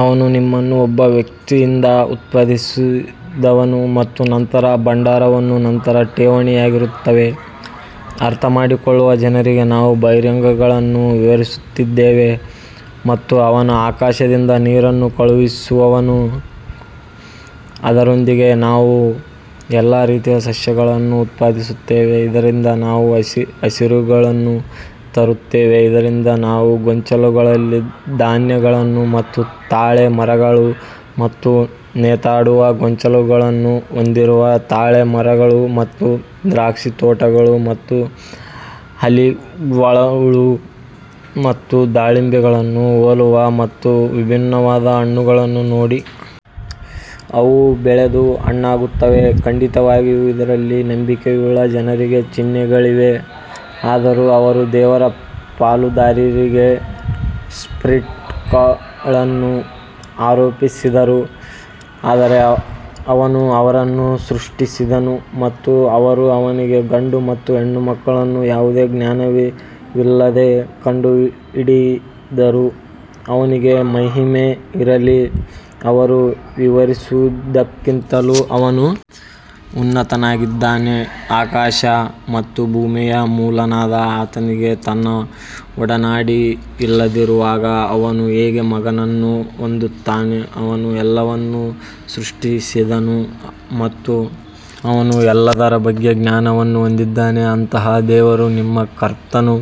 ಅವನು ನಿಮ್ಮನ್ನು ಒಬ್ಬ ವ್ಯಕ್ತಿಯಿಂದ ಉತ್ಪಾದಿಸಿದವನು ಮತ್ತು ನಂತರ ಭಂಡಾರವನ್ನು ನಂತರ ಠೇವಣಿಯಾಗಿರುತ್ತೇವೆ, ಅರ್ಥಮಾಡಿಕೊಳ್ಳುವ ಜನರಿಗಾಗಿ ನಾವು ಬಹಿರಂಗಗಳನ್ನು ವಿವರಿಸಿದ್ದೇವೆ. ಮತ್ತು ಅವನು ಆಕಾಶದಿಂದ ನೀರನ್ನು ಕಳುಹಿಸುವವನು ಅದರೊಂದಿಗೆ ನಾವು ಎಲ್ಲಾ ರೀತಿಯ ಸಸ್ಯಗಳನ್ನು ಉತ್ಪಾದಿಸುತ್ತೇವೆ ಇದರಿಂದ ನಾವು ಹಸಿರುಗಳನ್ನು ತರುತ್ತೇವೆ ಇದರಿಂದ ನಾವು ಗೊಂಚಲುಗಳಲ್ಲಿ ಧಾನ್ಯಗಳನ್ನು ಮತ್ತು ತಾಳೆ ಮರಗಳು ಮತ್ತು ನೇತಾಡುವ ಗೊಂಚಲುಗಳನ್ನು ಹೊಂದಿರುವ ತಾಳೆ ಮರಗಳು ಮತ್ತು ದ್ರಾಕ್ಷಿತೋಟಗಳು ಮತ್ತು ಆಲಿವ್ಗಳು ಮತ್ತು ದಾಳಿಂಬೆಗಳನ್ನು ಹೋಲುವ ಮತ್ತು ವಿಭಿನ್ನವಾದ ಹಣ್ಣುಗಳನ್ನು ನೋಡಿ. ಅವು ಬೆಳೆದು ಹಣ್ಣಾಗುತ್ತವೆ ಖಂಡಿತವಾಗಿಯೂ ಇದರಲ್ಲಿ ನಂಬಿಕೆಯುಳ್ಳ ಜನರಿಗೆ ಚಿಹ್ನೆಗಳಿವೆ ಆದರೂ ಅವರು ದೇವರ ಪಾಲುದಾರರಿಗೆ ಸ್ಪ್ರಿಟ್ಗಳನ್ನು ಆರೋಪಿಸಿದರು, ಆದರೆ ಅವನು ಅವರನ್ನು ಸೃಷ್ಟಿಸಿದನು ಮತ್ತು ಅವರು ಅವನಿಗೆ ಗಂಡು ಮತ್ತು ಹೆಣ್ಣುಮಕ್ಕಳನ್ನು ಯಾವುದೇ ಜ್ಞಾನವಿಲ್ಲದೆ ಕಂಡುಹಿಡಿದರು, ಅವನಿಗೆ ಮಹಿಮೆ ಇರಲಿ, ಅವರು ವಿವರಿಸುವುದಕ್ಕಿಂತಲೂ ಅವನು ಉನ್ನತನಾಗಿದ್ದಾನೆ ಆಕಾಶ ಮತ್ತು ಭೂಮಿಯ ಮೂಲನಾದ ಆತನಿಗೆ ತನ್ನ ಒಡನಾಡಿ ಇಲ್ಲದಿರುವಾಗ ಅವನು ಹೇಗೆ ಮಗನನ್ನು ಹೊಂದುತ್ತಾನೆ, ಅವನು ಎಲ್ಲವನ್ನೂ ಸೃಷ್ಟಿಸಿದನು ಮತ್ತು ಅವನು ಎಲ್ಲದರ ಬಗ್ಗೆ ಜ್ಞಾನವನ್ನು ಹೊಂದಿದ್ದಾನೆ ಅಂತಹ ದೇವರು ನಿಮ್ಮ ಕರ್ತನು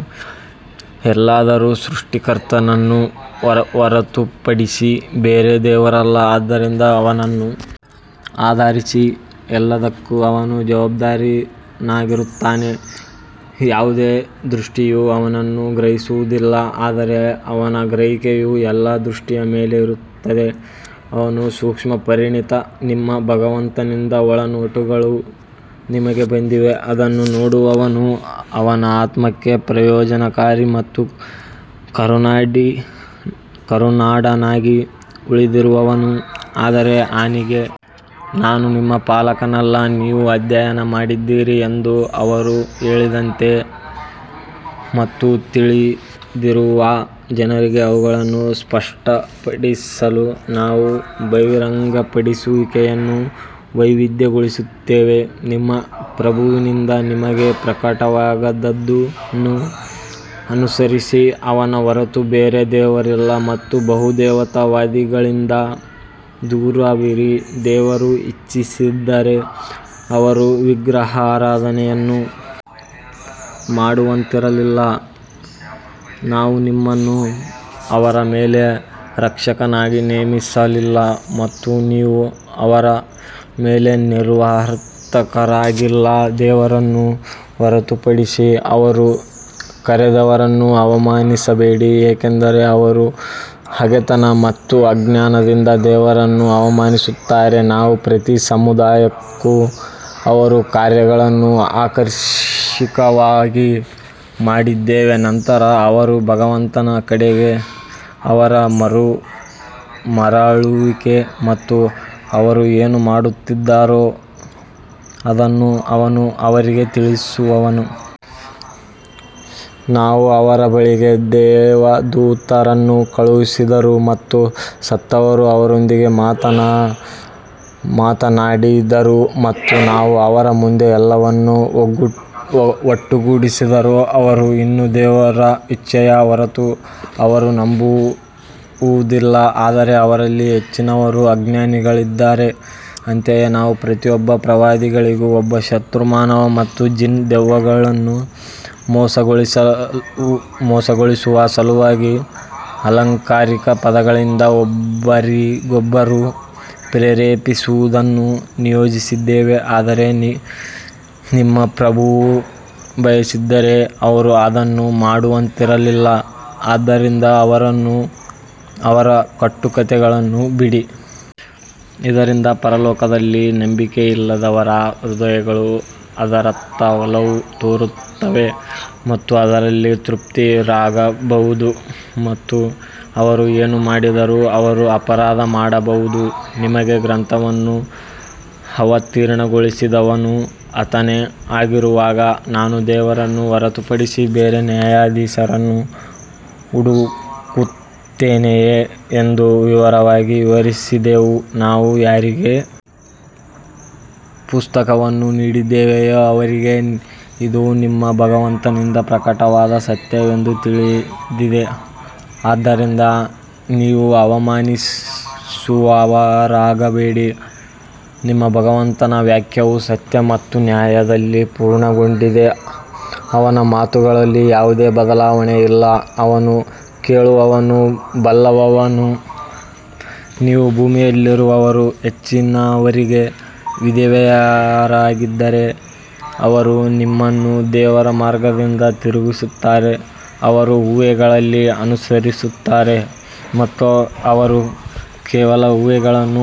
ಎಲ್ಲದರ ಸೃಷ್ಟಿಕರ್ತನನ್ನು ಹೊರತುಪಡಿಸಿ ಬೇರೆ ದೇವರಿಲ್ಲ ಆದ್ದರಿಂದ ಅವನನ್ನು ಆರಾಧಿಸಿ ಎಲ್ಲದಕ್ಕೂ ಅವನು ಜವಾಬ್ದಾರನಾಗಿರುತ್ತಾನೆ ಯಾವುದೇ ದೃಷ್ಟಿಯು ಅವನನ್ನು ಗ್ರಹಿಸುವುದಿಲ್ಲ ಆದರೆ ಅವನ ಗ್ರಹಿಕೆಯು ಎಲ್ಲಾ ದೃಷ್ಟಿಯ ಮೇಲೆ ಇರುತ್ತದೆ ಅವನು ಸೂಕ್ಷ್ಮ ಪರಿಣಿತ ನಿಮ್ಮ ಭಗವಂತನಿಂದ ಒಳನೋಟಗಳು ನಿಮಗೆ ಬಂದಿವೆ, ಅದನ್ನು ನೋಡುವವನು ಅವನ ಆತ್ಮಕ್ಕೆ ಪ್ರಯೋಜನಕಾರಿ ಮತ್ತು ಕುರುಡನಾಗಿ ಉಳಿದಿರುವವನು ಅದರ ಹಾನಿಗೆ ನಾನು ನಿಮ್ಮ ಪಾಲಕನಲ್ಲ ನೀವು ಅಧ್ಯಯನ ಮಾಡಿದ್ದೀರಿ ಎಂದು ಅವರು ಹೇಳದಂತೆ ಮತ್ತು ತಿಳಿದಿರುವ ಜನರಿಗೆ ಅವುಗಳನ್ನು ಸ್ಪಷ್ಟಪಡಿಸಲು ನಾವು ಬಹಿರಂಗಪಡಿಸುವಿಕೆಯನ್ನು ವೈವಿಧ್ಯಗೊಳಿಸುತ್ತೇವೆ ನಿಮ್ಮ ಪ್ರಭುವಿನಿಂದ ನಿಮಗೆ ಪ್ರಕಟವಾದದ್ದನ್ನು ಅನುಸರಿಸಿ, ಅವನ ಹೊರತು ಬೇರೆ ದೇವರಿಲ್ಲ ಮತ್ತು ಬಹುದೇವತಾವಾದಿಗಳಿಂದ ದೂರವಿರಿ ದೇವರು ಇಚ್ಛಿಸಿದ್ದರೆ ಅವರು ವಿಗ್ರಹಾರಾಧನೆಯನ್ನು ಮಾಡುತ್ತಿರಲಿಲ್ಲ, ನಾವು ನಿಮ್ಮನ್ನು ಅವರ ಮೇಲೆ ರಕ್ಷಕನಾಗಿ ನೇಮಿಸಲಿಲ್ಲ ಮತ್ತು ನೀವು ಅವರ ಮೇಲೆ ನಿರ್ವಾಹಕರಾಗಿಲ್ಲ ದೇವರನ್ನು ಹೊರತುಪಡಿಸಿ ಅವರು ಕರೆದವರನ್ನು ಅವಮಾನಿಸಬೇಡಿ, ಏಕೆಂದರೆ ಅವರು ಹಗೆತನ ಮತ್ತು ಅಜ್ಞಾನದಿಂದ ದೇವರನ್ನು ಅವಮಾನಿಸುತ್ತಾರೆ, ನಾವು ಪ್ರತಿ ಸಮುದಾಯಕ್ಕೂ ಅವರ ಕಾರ್ಯಗಳನ್ನು ಆಕರ್ಷಕವಾಗಿ ಮಾಡಿದ್ದೇವೆ ನಂತರ ಅವರ ಭಗವಂತನ ಕಡೆಗೆ ಅವರ ಮರಳುವಿಕೆ ಮತ್ತು ಅವರು ಏನು ಮಾಡುತ್ತಿದ್ದಾರೋ ಅದನ್ನು ಅವನು ಅವರಿಗೆ ತಿಳಿಸುವನು. ನಾವು ಅವರ ಬಳಿಗೆ ದೇವದೂತರನ್ನು ಕಳುಹಿಸಿದರೂ ಮತ್ತು ಸತ್ತವರು ಅವರೊಂದಿಗೆ ಮಾತನಾಡಿದರೂ ಮತ್ತು ನಾವು ಅವರ ಮುಂದೆ ಎಲ್ಲವನ್ನು ಒಟ್ಟುಗೂಡಿಸಿದರೂ ಅವರು ಇನ್ನೂ ದೇವರ ಇಚ್ಛೆಯ ಹೊರತು ಅವರು ನಂಬುವುದಿಲ್ಲ ಆದರೆ ಅವರಲ್ಲಿ ಹೆಚ್ಚಿನವರು ಅಜ್ಞಾನಿಗಳಾಗಿದ್ದಾರೆ. ಅಂತೆಯೇ ನಾವು ಪ್ರತಿಯೊಬ್ಬ ಪ್ರವಾದಿಗಳಿಗೂ ಒಬ್ಬ ಶತ್ರು ಮಾನವ ಮತ್ತು ಜಿನ್ ದೆವ್ವಗಳನ್ನು ಮೋಸಗೊಳಿಸುವ ಸಲುವಾಗಿ ಅಲಂಕಾರಿಕ ಪದಗಳಿಂದ ಒಬ್ಬರಿಗೊಬ್ಬರು ಪ್ರೇರೇಪಿಸುವುದನ್ನು ನಿಯೋಜಿಸಿದ್ದೇವೆ ಆದರೆ ನಿಮ್ಮ ಪ್ರಭುವು ಬಯಸಿದ್ದರೆ ಅವರು ಅದನ್ನು ಮಾಡುತ್ತಿರಲಿಲ್ಲ ಆದ್ದರಿಂದ ಅವರನ್ನು ಅವರ ಕಟ್ಟುಕಥೆಗಳಿಗೆ ಬಿಡಿ. ಇದರಿಂದ ಪರಲೋಕದಲ್ಲಿ ನಂಬಿಕೆಯಿಲ್ಲದವರ ಹೃದಯಗಳು ಅದರತ್ತ ಒಲವು ತೋರುತ್ತವೆ ಮತ್ತು ಅದರಲ್ಲಿ ತೃಪ್ತರಾಗಬಹುದು ಮತ್ತು ಅವರು ಏನು ಮಾಡಿದರೂ ಅವರು ಅಪರಾಧ ಮಾಡಬಹುದು. ನಿಮಗೆ ಗ್ರಂಥವನ್ನು ಅವತೀರ್ಣಗೊಳಿಸಿದವನು ಆತನೇ ಆಗಿರುವಾಗ ನಾನು ದೇವರನ್ನು ಹೊರತುಪಡಿಸಿ ಬೇರೆ ನ್ಯಾಯಾಧೀಶರನ್ನು ಹುಡುಕುತ್ತೇನೆಯೇ ಎಂದು ವಿವರವಾಗಿ ವಿವರಿಸಿದೆವು ನಾವು ಯಾರಿಗೆ ಪುಸ್ತಕವನ್ನು ನೀಡಿದ್ದೇವೆಯೋ ಅವರಿಗೆ ಇದು ನಿಮ್ಮ ಭಗವಂತನಿಂದ ಪ್ರಕಟವಾದ ಸತ್ಯವೆಂದು ತಿಳಿದಿದೆ ಆದ್ದರಿಂದ ನೀವು ಅನುಮಾನಿಸುವವರಾಗಬೇಡಿ ನಿಮ್ಮ ಭಗವಂತನ ವಾಕ್ಯವು ಸತ್ಯ ಮತ್ತು ನ್ಯಾಯದಲ್ಲಿ ಪೂರ್ಣಗೊಂಡಿದೆ, ಅವನ ಮಾತುಗಳಲ್ಲಿ ಯಾವುದೇ ಬದಲಾವಣೆಯಿಲ್ಲ, ಅವನು ಕೇಳುವವನು ಬಲ್ಲವನು ನೀವು ಭೂಮಿಯಲ್ಲಿರುವ ಹೆಚ್ಚಿನವರಿಗೆ ವಿಧೇಯರಾಗಿದ್ದರೆ ಅವರು ನಿಮ್ಮನ್ನು ದೇವರ ಮಾರ್ಗದಿಂದ ತಿರುಗಿಸುತ್ತಾರೆ, ಅವರು ಊಹೆಗಳನ್ನು ಅನುಸರಿಸುತ್ತಾರೆ ಮತ್ತು ಅವರು ಕೇವಲ ಊಹೆಗಳನ್ನು ಅನುಸರಿಸುತ್ತಾರೆ.